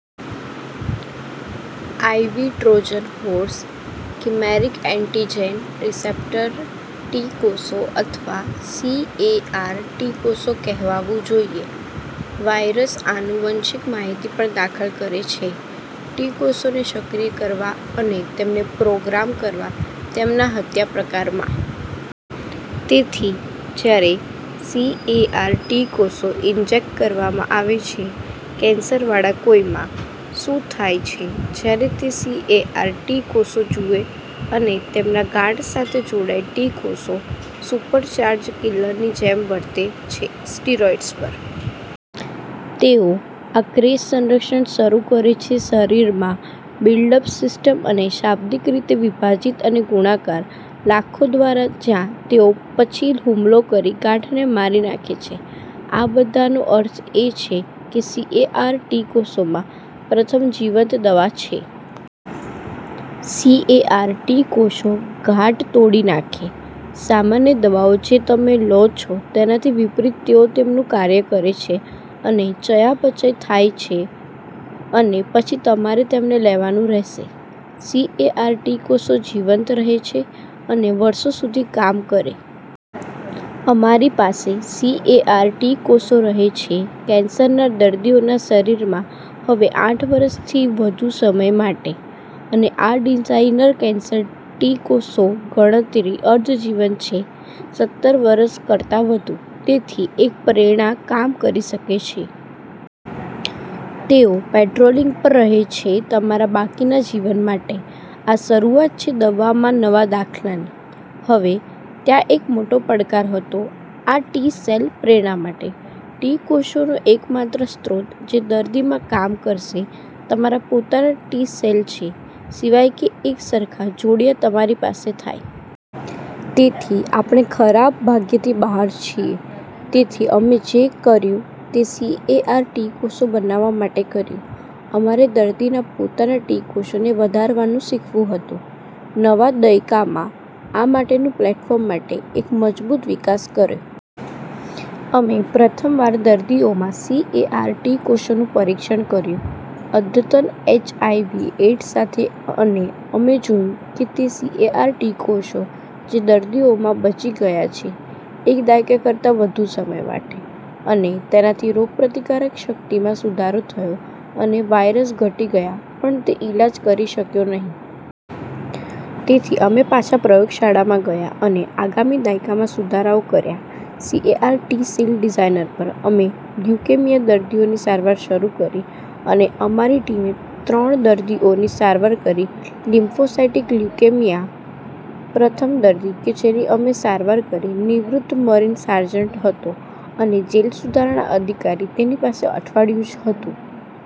આય વી Trojan horse "chimeric antigen", "receptor T કોષો" અથવા સીએઆર ટી કોષો કહેવાવું જોઈએ. વાયરસ આનુવંશિક માહિતી પણ દાખલ કરે છે ટી કોષોને સક્રિય કરવા અને તેમને પ્રોગ્રામ કરવા તેમના હત્યા પ્રકારમાં. તેથી, જ્યારે સીએઆર ટી કોષો ઇન્જેક્ટ કરવામાં આવે છે કેન્સરવાળા કોઈમાં, શું થાય છે જ્યારે તે સીએઆર ટી કોષો જુએ અને તેમના ગાંઠ સાથે જોડાય ટી કોષો સુપરચાર્જ્ડ કિલરની જેમ વર્તે છે સ્ટીરોઇડ્સ પર. તેઓ આ ક્રેશ-સંરક્ષણ શરૂ કરે છે શરીરમાં બિલ્ડઅપ સિસ્ટમ અને શાબ્દિક રીતે વિભાજીત અને ગુણાકાર લાખો દ્વારા જ્યાં તેઓ પછી હુમલો કરી ગાંઠને મારી નાખે છે. આ બધાનો અર્થ એ છે કે સીએઆર ટી કોષોમાં પ્રથમ જીવંત દવા છે. સીએઆર ટી કોષો ઘાટ તોડી નાખે. સામાન્ય દવાઓ જે તમે લો છો તેનાથી વિપરીત તેઓ તેમનું કાર્ય કરે છે અને ચયાપચય થાય છે અને પછી તમારે તેમને લેવાનું રહેશે. સીએઆર ટી કોષો જીવંત રહે છે અને વર્ષો સુધી કામ કરે. અમારી પાસે સીએઆર ટી કોષો રહે છે કેન્સરના દર્દીઓના શરીરમાં હવે આઠ વરસથી વધુ સમય માટે. અને આ ડિઝાઇનર કેન્સર ટી કોષો ગણતરી અર્ધ જીવન છે સત્તર વરસ કરતાં વધુ. તેથી એક પ્રેરણા કામ કરી શકે છે. તેઓ પેટ્રોલીંગ પર રહે છે તમારા બાકીના જીવન માટે. આ શરૂઆત છે દવામાં નવા દાખલાની. હવે, ત્યાં એક મોટો પડકાર હતો આ ટી-સેલ પ્રેરણા માટે. ટી કોષોનો એક માત્ર સ્રોત જે દર્દીમાં કામ કરશે તમારા પોતાના ટી સેલ છે સિવાય કે એક સરખા જોડિયા તમારી પાસે થાય. તેથી આપડે ખરાબ ભાગ્યથી બહાર છીએ. તેથી અમે જે કર્યું તે સીએઆર ટી કોષો બનાવવા માટે કર્યું. અમારે દર્દીના પોતાના ટી કોષોને વધારવાનું શીખવું હતું. નવા દયકામાં આ માટેનું પ્લેટૉર્મ માટે એક મજબૂત વિકાસ કર્યો. અમે પ્રથમ વાર દર્દીઓમાં સીએઆર ટી કોષોનું પરીક્ષણ કર્યું અદ્યતન એચઆયવી એડ્સ સાથે અને અમે જોયું કે તે સીએઆર ટી કોષો જે દર્દીઓમાં બચી ગયા છે એક દાયકા કરતાં વધુ સમય માટે. અને તેનાથી રોગપ્રતિકારક શક્તિમાં સુધારો થયો અને વાયરસ ઘટી ગયા પણ તે ઇલાજ કરી શક્યો નહીં. તેથી અમે પાછા પ્રયોગશાળામાં ગયા અને આગામી દાયકામાં સુધારાઓ કર્યા સીએઆર ટી સેલ ડિઝાઇનર પર. અમે લ્યુકેમિયા દર્દીઓની સારવાર શરૂ કરી અને અમારી ટીમે ત્રણ દર્દીઓની સારવાર કરી લિમ્ફોસાઇટિક લ્યુકેમિયા. પ્રથમ દર્દી કે જેની અમે સારવાર કરી નિવૃત્ત મરીન સાર્જન્ટ હતો અને જેલ સુધારણા અધિકારી તેની પાસે અઠવાડિયુ જ હતું.